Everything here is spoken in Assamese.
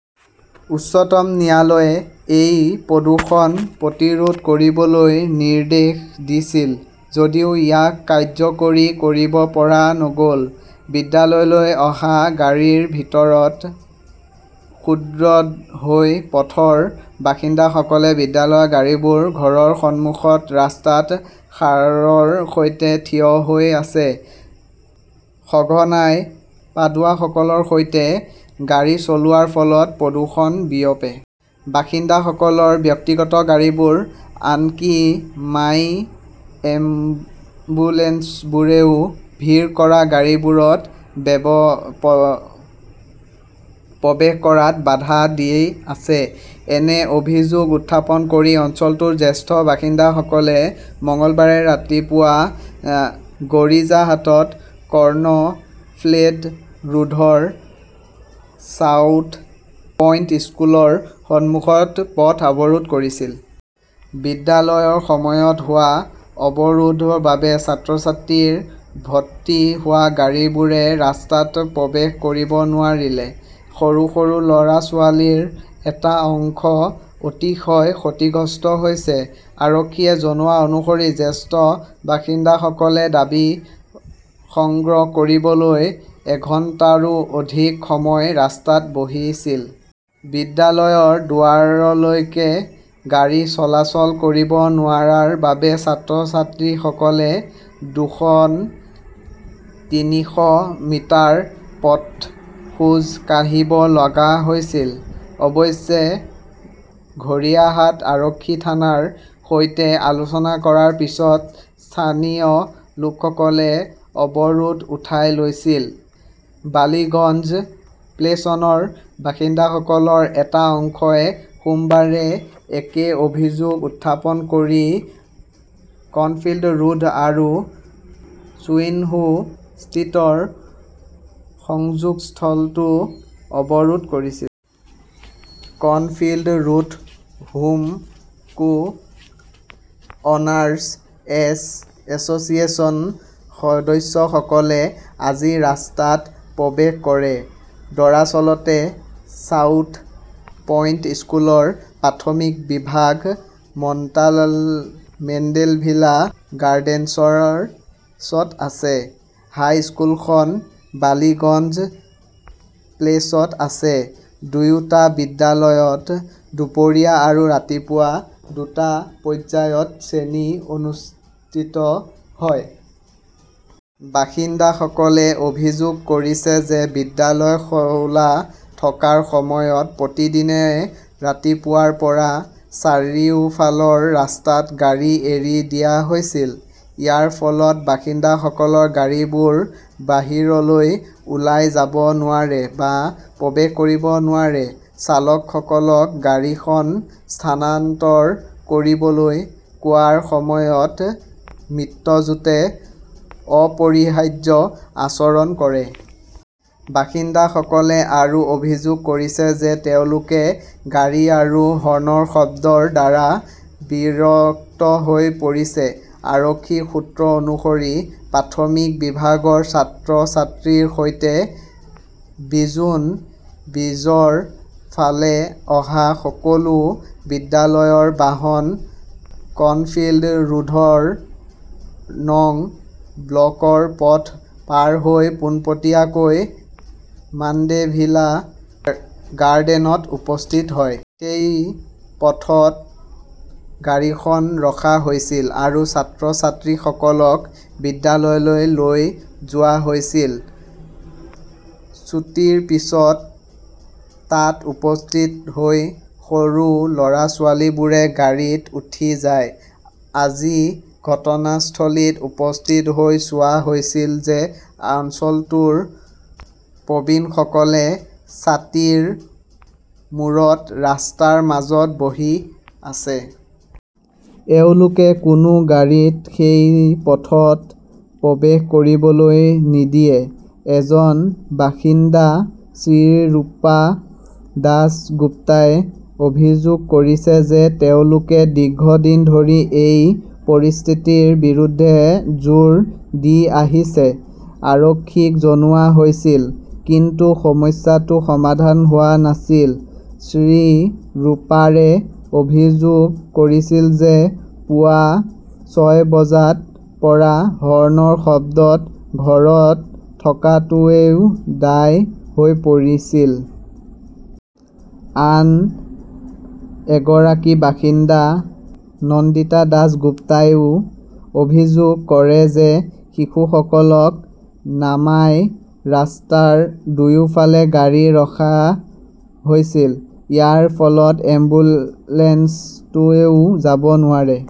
উচ্চতম ন্যায়ালয়ে এই প্ৰদূষণ প্ৰতিৰোধ কৰিবলৈ নিৰ্দেশ দিছিল যদিও ইয়াক কাৰ্যকৰী কৰিব পৰা নগ'ল। বিদ্যালয়লৈ অহা গাড়ীৰ ভিৰত ক্ষুব্ধ হৈ পথৰ বাসিন্দাসকল বিদ্যালয়ৰ গাড়ীবোৰ ঘৰৰ সন্মুখৰ ৰাস্তাত সাৰৰ সৈতে থিয় হৈ আছে। সঘনাই পাডুৱাসকলৰ সৈতে গাড়ী চলোৱাৰ ফলত প্ৰদূষণ বিয়পে। বাসিন্দাসকলৰ ব্যক্তিগত গাড়ীবোৰ, আনকি মাই এম্বুলেন্সবোৰেও ভিৰ কৰা গাড়ীবোৰত প্ৰৱেশ কৰাত বাধা দি আছে। এনে অভিযোগ উত্থাপন কৰি অঞ্চলটোৰ জ্যেষ্ঠ বাসিন্দাসকলে মঙলবাৰে ৰাতিপুৱা গড়িয়াহাটৰ কৰ্ণফিল্ড ৰোডৰ চাউথ পইণ্ট স্কুলৰ সন্মুখত পথ অৱৰোধ কৰিছিল। বিদ্যালয়ৰ সময়ত হোৱা অৱৰোধৰ বাবে ছাত্ৰ-ছাত্ৰী ভৰ্তি হোৱা গাড়ীবোৰে ৰাস্তাত প্ৰৱেশ কৰিব নোৱাৰিলে। সৰু ল'ৰা-ছোৱালীৰ এটা অংশ অতিশয় ক্ষতিগ্ৰস্ত হৈছে। আৰক্ষীয়ে জনোৱা অনুসৰি জ্যেষ্ঠ বাসিন্দাসকলে দাবী সংগ্ৰহ কৰিবলৈ এঘণ্টাৰো অধিক সময় ৰাস্তাত বহিছিল। বিদ্যালয়ৰ দুৱাৰলৈকে গাড়ী চলাচল কৰিব নোৱাৰাৰ বাবে ছাত্ৰ-ছাত্ৰীসকলে দুখন, তিনিশ মিটাৰ পথত খোজ কাঢ়িব লগা হৈছিল। অৱশেষত ঘৰিয়াহাট আৰক্ষী থানাৰ সৈতে আলোচনা কৰাৰ পিছত স্থানীয় লোকসকলে অৱৰোধ উঠাই লৈছিল। বালিগঞ্জ প্লেচৰ বাসিন্দাসকলৰ এটা অংশই সোমবাৰে একে অভিযোগ উত্থাপন কৰি কৰ্ণফিল্ড ৰোড আৰু ছুইনহো ষ্ট্ৰীটৰ সংযোগস্থলটো অৱৰোধ কৰিছিল। Cornfield Road Home co owners এছ চিয়েশ্যনৰ সদস্যসকলে আজি ৰাস্তাত প্ৰৱেশ কৰে। দৰাচলতে, চাউথ পইণ্ট স্কুলৰ প্ৰাথমিক বিভাগ মেণ্ডেভিলা গাৰ্ডেনছত আছে। হাইস্কুলখন বালিগঞ্জ প্লেচত আছে। দুয়োটা বিদ্যালয়ত দুপৰীয়া আৰু ৰাতিপুৱা দুটা পৰ্যায়ত শ্ৰেণী অনুষ্ঠিত হয়। বাসিন্দাসকলে অভিযোগ কৰিছে যে বিদ্যালয় খোলা থকাৰ সময়ত প্ৰতিদিনে ৰাতিপুৱাৰ পৰা চাৰিওফালৰ ৰাস্তাত গাড়ী এৰি দিয়া হৈছিল। ইয়াৰ ফলত বাসিন্দাসকলৰ গাড়ীবোৰ বাহিৰলৈ ওলাই যাব নোৱাৰে বা প্ৰৱেশ কৰিব নোৱাৰে। চালকসকলক গাড়ীখন স্থানান্তৰ কৰিবলৈ কোৱাৰ সময়ত মিত্ৰজোটে অপৰিহাৰ্য আচৰণ কৰে। বাসিন্দাসকলে আৰু অভিযোগ কৰিছে যে তেওঁলোকে গাড়ী আৰু হৰ্ণৰ শব্দৰ দ্বাৰা বিৰক্ত হৈ পৰিছে। আৰক্ষীৰ সূত্ৰ অনুসৰি, প্ৰাথমিক বিভাগৰ ছাত্ৰ-ছাত্ৰীৰ সৈতে বিজোন ব্ৰীজৰ ফালে অহা সকলো বিদ্যালয়ৰ বাহন কৰ্ণফিল্ড ৰোডৰ নং ব্লকৰ পথ পাৰ হৈ পোনপটীয়াকৈ মাণ্ডেভিলা গাৰ্ডেনত উপস্থিত হয়। সেই পথত গাড়ীখন ৰখা হৈছিল আৰু ছাত্ৰ-ছাত্ৰীসকলক বিদ্যালয়লৈ লৈ যোৱা হৈছিল। ছুটীৰ পিছত তাত উপস্থিত হৈ সৰু ল'ৰা-ছোৱালীবোৰে গাড়ীত উঠি যায়। আজি ঘটনাস্থলীত উপস্থিত হৈ চোৱা হৈছিল যে অঞ্চলটোৰ প্ৰবীণসকলে ছাতিৰ মূৰত ৰাস্তাৰ মাজত বহি আছে। তেওঁলোকে কোনো গাড়ীক সেই পথত প্ৰৱেশ কৰিবলৈ নিদিয়ে। এজন বাসিন্দা শ্ৰীৰুপা দাসগুপ্তই অভিযোগ কৰিছে যে তেওঁলোকে দীৰ্ঘদিন ধৰি এই পৰিস্থিতিৰ বিৰুদ্ধে জোৰ দি আহিছে। আৰক্ষীক জনোৱা হৈছিল। কিন্তু সমস্যাটো সমাধান হোৱা নাছিল। শ্ৰীৰুপাৰে অভিযোগ কৰিছিল যে পুৱা ছয় বজাৰ পৰা হৰ্নৰ শব্দত ঘৰত থকাটোৱেই দায় হৈ পৰিছিল। আন এগৰাকী বাসিন্দা নন্দিতা দাসগুপ্তাই অভিযোগ কৰে যে শিশুসকলক নামাই ৰাস্তাৰ দুয়োফালে গাড়ী ৰখা হৈছিল। ইয়াৰ ফলত এম্বুলেন্সটোও যাব নোৱাৰে।